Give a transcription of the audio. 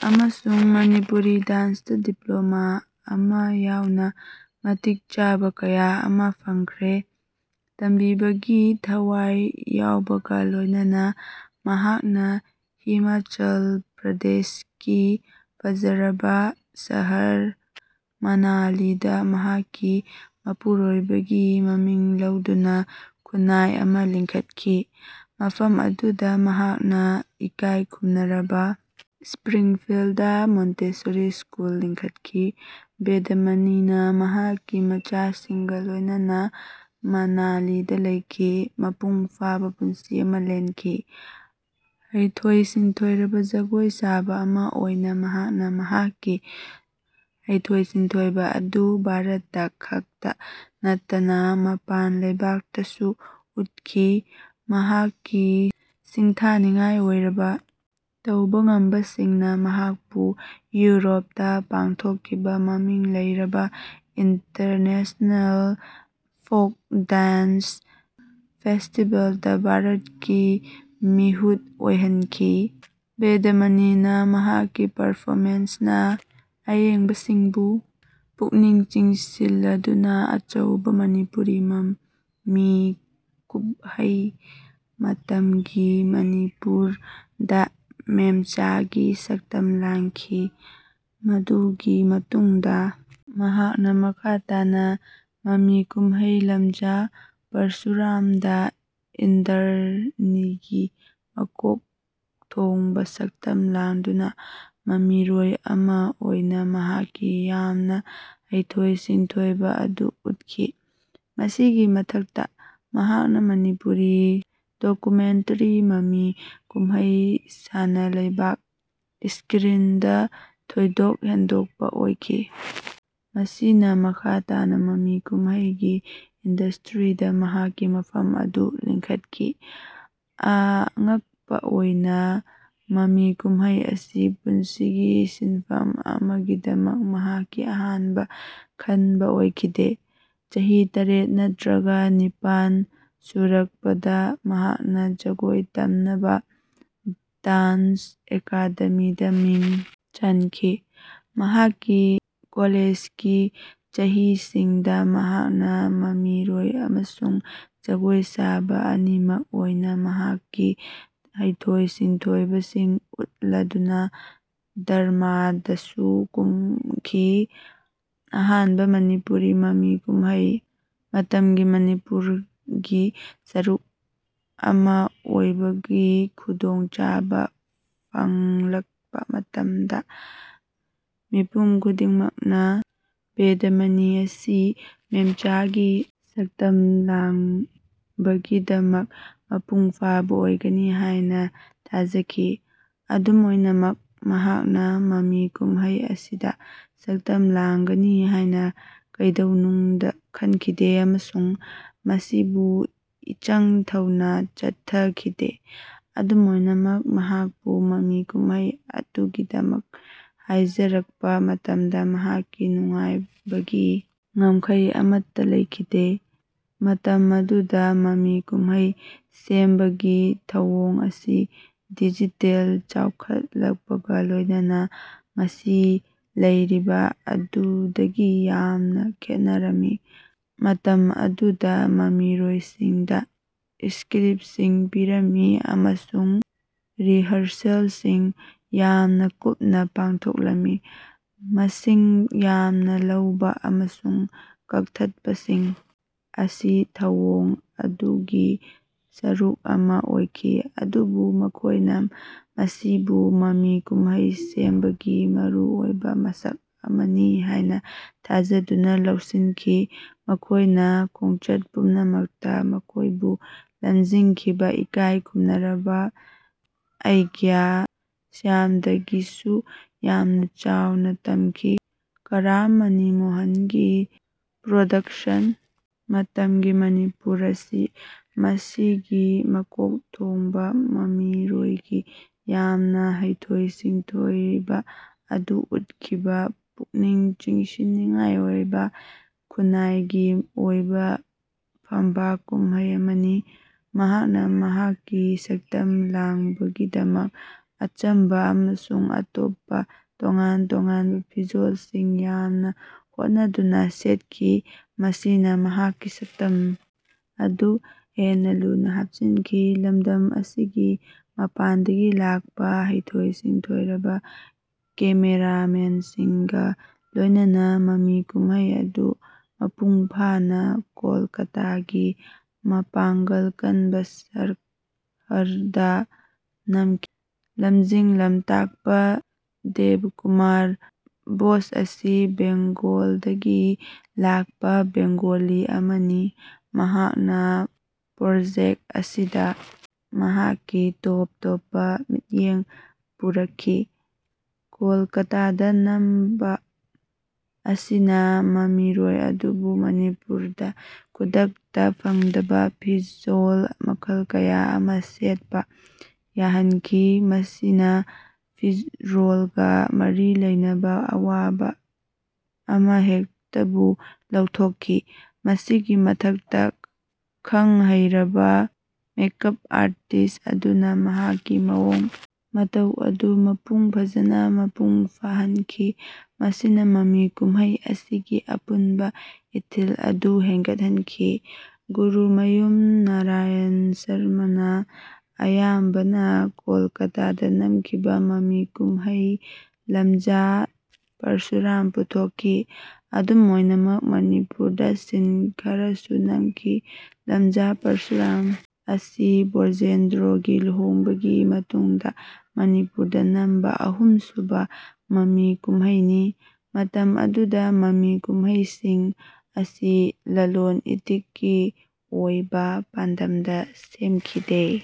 ꯑꯃꯁꯨꯡ ꯃꯅꯤꯄꯨꯔꯤ ꯗꯥꯟ꯭ꯁꯇ ꯗꯤꯄ꯭ꯂꯣꯃꯥ ꯑꯃꯥ ꯌꯥꯎꯅ ꯃꯇꯤꯛ ꯆꯥꯕ ꯀꯌꯥ ꯑꯃ ꯐꯪꯈ꯭ꯔꯦ꯫ ꯇꯝꯕꯤꯕꯒꯤ ꯊꯋꯥꯏ ꯌꯥꯎꯕꯒ ꯂꯣꯏꯅꯅ, ꯃꯍꯥꯛꯅ ꯍꯤꯃꯥꯆꯜ ꯄ꯭ꯔꯗꯦꯁꯀꯤ ꯐꯖꯔꯕ ꯁꯍꯔ ꯃꯅꯥꯂꯤꯗ ꯃꯍꯥꯛꯀꯤ ꯃꯄꯨꯔꯣꯏꯕꯒꯤ ꯃꯃꯤꯡ ꯂꯧꯗꯨꯅ ꯈꯨꯟꯅꯥꯏ ꯑꯃ ꯂꯤꯡꯈꯠꯈꯤ꯫ ꯃꯐꯝ ꯑꯗꯨꯗ ꯃꯍꯥꯛꯅ ꯏꯀꯥꯏ ꯈꯨꯝꯅꯔꯕ ꯢꯁꯄ꯭ꯔꯤꯡꯐꯤꯜꯗ ꯃꯣꯟꯇꯦꯁꯣꯔꯤ ꯁ꯭ꯀꯨꯜ ꯂꯤꯡꯈꯠꯈꯤ꯫ ꯕꯦꯗꯃꯅꯤꯅ ꯃꯍꯥꯛꯀꯤ ꯃꯆꯥꯁꯤꯡꯒ ꯂꯣꯏꯅꯅ ꯃꯅꯥꯂꯤꯗ ꯂꯩꯈꯤ, ꯃꯄꯨꯡ ꯐꯥꯕ ꯄꯨꯟꯁꯤ ꯑꯃ ꯂꯦꯟꯈꯤ꯫ ꯍꯩꯊꯣꯏ-ꯁꯤꯡꯊꯣꯏꯔꯕ ꯖꯒꯣꯏ ꯁꯥꯕ ꯑꯃ ꯑꯣꯏꯅ ꯃꯍꯥꯛꯅ ꯃꯍꯥꯛꯀꯤ ꯍꯩꯊꯣꯏ-ꯁꯤꯡꯊꯣꯏꯕ ꯑꯗꯨ ꯚꯥꯔꯠꯇ ꯈꯛꯇ ꯅꯠꯇꯅ ꯃꯄꯥꯟ ꯂꯩꯕꯥꯛꯇꯁꯨ ꯎꯠꯈꯤ꯫ ꯃꯍꯥꯛꯀꯤ ꯁꯤꯡꯊꯥꯅꯤꯡꯉꯥꯏ ꯑꯣꯏꯔꯕ ꯇꯧꯕ ꯉꯝꯕꯁꯤꯡꯅ ꯃꯍꯥꯛꯄꯨ ꯌꯨꯔꯣꯞꯇ ꯄꯥꯡꯊꯣꯛꯈꯤꯕ ꯃꯃꯤꯡ ꯂꯩꯔꯕ ꯏꯟꯇꯔꯅꯦꯁꯅꯦꯜ ꯐꯣꯛ ꯗꯥꯟ꯭ꯁ ꯐꯦꯁꯇꯤꯕꯦꯜꯗ ꯚꯥꯔꯠꯀꯤ ꯃꯤꯍꯨꯠ ꯑꯣꯏꯍꯟꯈꯤ꯫ ꯕꯦꯗꯃꯅꯤꯅ ꯃꯍꯥꯛꯀꯤ ꯄꯔꯐꯣꯃꯦꯟꯁ ꯅ ꯑꯌꯦꯡꯕꯁꯤꯡꯕꯨ ꯄꯨꯛꯅꯤꯡ ꯆꯤꯡꯁꯤꯜꯂꯗꯨꯅ ꯑꯆꯧꯕ ꯃꯅꯤꯄꯨꯔꯤ ꯃꯃꯤ ꯀꯨꯝꯍꯩ ꯃꯇꯝꯒꯤ ꯃꯅꯤꯄꯨꯔ ꯗ ꯃꯦꯝꯆꯥꯒꯤ ꯁꯛꯇꯝ ꯂꯥꯡꯈꯤ꯫ ꯃꯗꯨꯒꯤ ꯃꯇꯨꯡꯗ ꯃꯍꯥꯛꯅ ꯃꯈꯥ ꯇꯥꯅ ꯃꯃꯤ ꯀꯨꯝꯍꯩ ꯂꯝꯖꯥ ꯄꯔꯁꯨꯔꯥꯝ ꯗ ꯏꯟꯗ꯭ꯔꯅꯤꯒꯤ ꯃꯀꯣꯛ ꯊꯣꯡꯕ ꯁꯛꯇꯝ ꯂꯥꯡꯗꯨꯅ ꯃꯃꯤꯔꯣꯏ ꯑꯃ ꯑꯣꯏꯅ ꯃꯍꯥꯛꯀꯤ ꯌꯥꯝꯅ ꯍꯩꯊꯣꯏ-ꯁꯤꯡꯊꯣꯏꯕ ꯑꯗꯨ ꯎꯠꯈꯤ꯫ ꯃꯁꯤꯒꯤ ꯃꯊꯛꯇ, ꯃꯍꯥꯛꯅ ꯃꯅꯤꯄꯨꯔꯤ ꯗꯣꯀꯨꯃꯦꯟꯇꯔꯤ ꯃꯃꯤ ꯀꯨꯝꯍꯩ ꯁꯥꯅꯥꯂꯩꯕꯛ ꯢꯁꯀ꯭ꯔꯤꯟꯗ ꯊꯣꯏꯗꯣꯛ ꯍꯦꯟꯗꯣꯛꯄ ꯑꯣꯏꯈꯤ, ꯃꯁꯤꯅ ꯃꯈꯥ ꯇꯥꯅ ꯃꯃꯤ ꯀꯨꯝꯍꯩꯒꯤ ꯏꯟꯗꯁꯇ꯭ꯔꯤꯗ ꯃꯍꯥꯛꯀꯤ ꯃꯐꯝ ꯑꯗꯨ ꯂꯤꯡꯈꯠꯈꯤ꯫ ꯑꯥꯉꯛꯄ ꯑꯣꯏꯅ, ꯃꯃꯤ ꯀꯨꯝꯍꯩ ꯑꯁꯤ ꯄꯨꯟꯁꯤꯒꯤ ꯁꯤꯟꯐꯝ ꯑꯃꯒꯤꯗꯃꯛ ꯃꯍꯥꯛꯀꯤ ꯑꯍꯥꯟꯕ ꯈꯟꯕ ꯑꯣꯏꯈꯤꯗꯦ꯫ ꯆꯍꯤ ꯇꯔꯦꯠ ꯅꯠꯇ꯭ꯔꯒ ꯅꯤꯄꯥꯟ ꯁꯨꯔꯛꯄꯗ ꯃꯍꯥꯛꯅ ꯖꯒꯣꯏ ꯇꯝꯅꯕ ꯗꯥꯟ꯭ꯁ ꯑꯦꯀꯥꯗꯦꯃꯤꯗ ꯃꯤꯡ ꯆꯟꯈꯤ꯫ ꯃꯍꯥꯛꯀꯤ ꯀꯣꯂꯦꯖꯒꯤ ꯆꯍꯤꯁꯤꯡꯗ ꯃꯍꯥꯛꯅ ꯃꯃꯤꯔꯣꯏ ꯑꯃꯁꯨꯡ ꯖꯒꯣꯏ ꯁꯥꯕ ꯑꯅꯤꯃꯛ ꯑꯣꯏꯅ ꯃꯍꯥꯛꯀꯤ ꯍꯩꯊꯣꯏ-ꯁꯤꯡꯊꯣꯏꯕꯁꯤꯡ ꯎꯠꯂꯗꯨꯅ ꯗ꯭ꯔꯃꯥꯗꯁꯨ ꯀꯨꯝꯈꯤ꯫ ꯑꯍꯥꯟꯕ ꯃꯅꯤꯄꯨꯔꯤ ꯃꯃꯤ ꯀꯨꯝꯍꯩ, "ꯃꯇꯝꯒꯤ ꯃꯅꯤꯄꯨꯔ"ꯒꯤ ꯁꯔꯨꯛ ꯑꯃ ꯑꯣꯏꯕꯒꯤ ꯈꯨꯗꯣꯡꯆꯥꯕ ꯐꯪꯂꯛꯄ ꯃꯇꯝꯗ, ꯃꯤꯄꯨꯝ ꯈꯨꯗꯤꯡꯃꯛꯅ ꯕꯦꯗꯃꯅꯤ ꯑꯁꯤ ꯃꯦꯝꯆꯥꯒꯤ ꯁꯛꯇꯝ ꯂꯥꯡꯕꯒꯤꯗꯃꯛ ꯃꯄꯨꯡ ꯐꯥꯕ ꯑꯣꯏꯒꯅꯤ ꯍꯥꯏꯅ ꯊꯥꯖꯈꯤ꯫ ꯑꯗꯨꯝ ꯑꯣꯏꯅꯃꯛ, ꯃꯍꯥꯛꯅ ꯃꯃꯤ ꯀꯨꯝꯍꯩ ꯑꯁꯤꯗ ꯁꯛꯇꯝ ꯂꯥꯡꯒꯅꯤ ꯍꯥꯏꯅ ꯀꯩꯗꯧꯅꯨꯡꯗ ꯈꯟꯈꯤꯗꯦ ꯑꯃꯁꯨꯡ ꯃꯁꯤꯕꯨ ꯏꯆꯪ ꯊꯧꯅ ꯆꯠꯊꯈꯤꯗꯦ꯫ ꯑꯗꯨꯝ ꯑꯣꯏꯅꯃꯛ, ꯃꯍꯥꯛꯄꯨ ꯃꯃꯤ ꯀꯨꯝꯍꯩ ꯑꯗꯨꯒꯤꯗꯃꯛ ꯍꯥꯏꯖꯔꯛꯄ ꯃꯇꯝꯗ ꯃꯍꯥꯛꯀꯤ ꯅꯨꯡꯉꯥꯏꯕꯒꯤ ꯉꯝꯈꯩ ꯑꯃꯠꯇ ꯂꯩꯈꯤꯗꯦ꯫ ꯃꯇꯝ ꯑꯗꯨꯗ ꯃꯃꯤ ꯀꯨꯝꯍꯩ ꯁꯦꯝꯕꯒꯤ ꯊꯧꯑꯣꯡ ꯑꯁꯤ ꯗꯤꯖꯤꯇꯦꯜ ꯆꯥꯎꯈꯠꯂꯛꯄꯒ ꯂꯣꯏꯅꯅ ꯉꯁꯤ ꯂꯩꯔꯤꯕ ꯑꯗꯨꯗꯒꯤ ꯌꯥꯝꯅ ꯈꯦꯠꯅꯔꯝꯃꯤ꯫ ꯃꯇꯝ ꯑꯗꯨꯗ ꯃꯃꯤꯔꯣꯏꯁꯤꯡꯗ ꯏꯁꯀ꯭ꯔꯤꯞꯁꯤꯡ ꯄꯤꯔꯝꯃꯤ ꯑꯃꯁꯨꯡ ꯔꯤꯍꯔꯁꯦꯜꯁꯤꯡ ꯌꯥꯝꯅ ꯀꯨꯞꯅ ꯄꯥꯡꯊꯣꯛꯂꯝꯃꯤ꯫ ꯃꯁꯤꯡ ꯌꯥꯝꯅ ꯂꯧꯕ ꯑꯃꯁꯨꯡ ꯀꯛꯊꯠꯄꯁꯤꯡ ꯑꯁꯤ ꯊꯧꯑꯣꯡ ꯑꯗꯨꯒꯤ ꯁꯔꯨꯛ ꯑꯃ ꯑꯣꯏꯈꯤ, ꯑꯗꯨꯕꯨ ꯃꯈꯣꯏꯅ ꯃꯁꯤꯕꯨ ꯃꯃꯤ ꯀꯨꯝꯍꯩ ꯁꯦꯝꯕꯒꯤ ꯃꯔꯨꯑꯣꯏꯕ ꯃꯁꯛ ꯑꯃꯅꯤ ꯍꯥꯏꯅ ꯊꯥꯖꯗꯨꯅ ꯂꯧꯁꯤꯟꯈꯤ꯫ ꯃꯈꯣꯏꯅ ꯈꯣꯡꯆꯠ ꯄꯨꯝꯅꯃꯛꯇ ꯃꯈꯣꯏꯕꯨ ꯂꯝꯖꯤꯡꯈꯤꯕ ꯏꯀꯥꯏ ꯈꯨꯝꯅꯔꯕ ꯑꯩꯒ꯭ꯌꯥ ꯁ꯭ꯌꯥꯝꯗꯒꯤꯁꯨ ꯌꯥꯝꯅ ꯆꯥꯎꯅ ꯇꯝꯈꯤ꯫ ꯀꯔꯥꯝ ꯃꯅꯤꯃꯣꯍꯟꯒꯤ ꯄ꯭ꯔꯣꯗꯛꯁꯟ, "ꯃꯇꯝꯒꯤ ꯃꯅꯤꯄꯨꯔ"ꯑꯁꯤ ꯃꯁꯤꯒꯤ ꯃꯀꯣꯛ ꯊꯣꯡꯕ ꯃꯃꯤꯔꯣꯏꯒꯤ ꯌꯥꯝꯅ ꯍꯩꯊꯣꯏ-ꯁꯤꯡꯊꯣꯏꯕ ꯑꯗꯨ ꯎꯠꯈꯤꯕ ꯄꯨꯛꯅꯤꯡ ꯆꯤꯡꯁꯤꯟꯅꯤꯡꯉꯥꯏ ꯑꯣꯏꯕ ꯈꯨꯟꯅꯥꯏꯒꯤ ꯑꯣꯏꯕ ꯐꯝꯕꯥꯛ ꯀꯨꯝꯍꯩ ꯑꯃꯅꯤ꯫ ꯃꯍꯥꯛꯅ ꯃꯍꯥꯛꯀꯤ ꯁꯛꯇꯝ ꯂꯥꯡꯕꯒꯤꯗꯃꯛ ꯑꯆꯝꯕ ꯑꯃꯁꯨꯡ ꯑꯇꯣꯞꯄ ꯇꯣꯉꯥꯟ-ꯇꯣꯉꯥꯟꯕ ꯐꯤꯖꯣꯜꯁꯤꯡ ꯌꯥꯝꯅ ꯍꯣꯠꯅꯗꯨꯅ ꯁꯦꯠꯈꯤ, ꯃꯁꯤꯅ ꯃꯍꯥꯛꯀꯤ ꯁꯛꯇꯝ ꯑꯗꯨ ꯍꯦꯟꯅ ꯂꯨꯅ ꯍꯥꯞꯆꯤꯟꯈꯤ꯫ ꯂꯝꯗꯝ ꯑꯁꯤꯒꯤ ꯃꯄꯥꯟꯗꯒꯤ ꯂꯥꯛꯄ ꯍꯩꯊꯣꯏ-ꯁꯤꯡꯊꯣꯏꯔꯕ ꯀꯦꯃꯦꯔꯥꯃꯦꯟꯁꯤꯡꯒ ꯂꯣꯏꯅꯅ, ꯃꯃꯤ ꯀꯨꯝꯍꯩ ꯑꯗꯨ ꯃꯄꯨꯡ ꯐꯥꯅ ꯀꯣꯜꯀꯥꯇꯥꯒꯤ ꯃꯄꯥꯡꯒꯜ ꯀꯟꯕ ꯁꯔ ꯍꯔꯗ ꯅꯝꯈꯤ꯫ ꯂꯝꯖꯤꯡ ꯂꯝꯇꯥꯛꯄ ꯗꯦꯕꯀꯨꯃꯥꯔ ꯕꯣꯁ ꯑꯁꯤ ꯕꯦꯡꯒꯣꯜꯗꯒꯤ ꯂꯥꯛꯄ ꯕꯦꯡꯒꯣꯂꯤ ꯑꯃꯅꯤ, ꯃꯍꯥꯛꯅ ꯄ꯭ꯔꯣꯖꯦꯛ ꯑꯁꯤꯗ ꯃꯍꯥꯛꯀꯤ ꯇꯣꯞ-ꯇꯣꯞꯄ ꯃꯤꯠꯌꯦꯡ ꯄꯨꯔꯛꯈꯤ꯫ ꯀꯣꯜꯀꯥꯇꯥꯗ ꯅꯝꯕ ꯑꯁꯤꯅ ꯃꯃꯤꯔꯣꯏ ꯑꯗꯨꯕꯨ ꯃꯅꯤꯄꯨꯔꯗ ꯈꯨꯗꯛꯇ ꯐꯪꯗꯕ ꯐꯤꯖꯣꯜ ꯃꯈꯜ ꯀꯌꯥ ꯑꯃ ꯁꯦꯠꯄ ꯌꯥꯍꯟꯈꯤ, ꯃꯁꯤꯅ ꯐꯤꯔꯣꯜꯒ ꯃꯔꯤ ꯂꯩꯅꯕ ꯑꯋꯥꯕ ꯑꯃꯍꯦꯛꯇꯕꯨ ꯂꯧꯊꯣꯛꯈꯤ꯫ ꯃꯁꯤꯒꯤ ꯃꯊꯛꯇ, ꯈꯪꯍꯩꯔꯕ ꯃꯦꯀꯞ ꯑꯥꯔꯇꯤꯁ ꯑꯗꯨꯅ ꯃꯍꯥꯛꯀꯤ ꯃꯑꯣꯡ ꯃꯇꯧ ꯑꯗꯨ ꯃꯄꯨꯡ ꯐꯥꯖꯅ ꯃꯄꯨꯡ ꯐꯥꯍꯟꯈꯤ, ꯃꯁꯤꯅ ꯃꯃꯤ ꯀꯨꯝꯍꯩ ꯑꯁꯤꯒꯤ ꯑꯄꯨꯟꯕ ꯏꯊꯤꯜ ꯑꯗꯨ ꯍꯦꯟꯒꯠꯍꯟꯈꯤ꯫ ꯒꯨꯔꯨꯃꯌꯨꯝ ꯅꯥꯔꯥꯌꯟ ꯁꯔꯃꯅ ꯑꯌꯥꯝꯕꯅ ꯀꯣꯜꯀꯥꯇꯥꯗ ꯅꯝꯈꯤꯕ ꯃꯃꯤ ꯀꯨꯝꯍꯩ ꯂꯝꯖꯥ ꯄꯔꯁꯨꯔꯥꯝ ꯄꯨꯊꯣꯛꯈꯤ꯫ ꯑꯗꯨꯝ ꯑꯣꯏꯅꯃꯛ, ꯃꯅꯤꯄꯨꯔꯗ ꯁꯤꯟ ꯈꯔꯁꯨ ꯅꯝꯈꯤ꯫ ꯂꯝꯖꯥ ꯄꯔꯁꯨꯔꯥꯝ ꯑꯁꯤ ꯕ꯭ꯔꯣꯖꯦꯟꯗ꯭ꯔꯣꯒꯤ ꯂꯨꯍꯣꯡꯕꯥꯒꯤ ꯃꯇꯨꯡꯗ ꯃꯅꯤꯄꯨꯔꯗ ꯅꯝꯕ ꯑꯍꯨꯝꯁꯨꯕ ꯃꯃꯤ ꯀꯨꯝꯍꯩꯅꯤ꯫ ꯃꯇꯝ ꯑꯗꯨꯗ ꯃꯃꯤ ꯀꯨꯝꯍꯩꯁꯤꯡ ꯑꯁꯤ ꯂꯂꯣꯟ-ꯏꯇꯤꯛꯀꯤ ꯑꯣꯏꯕ ꯄꯥꯟꯗꯝꯗ ꯁꯦꯝꯈꯤꯗꯦ꯫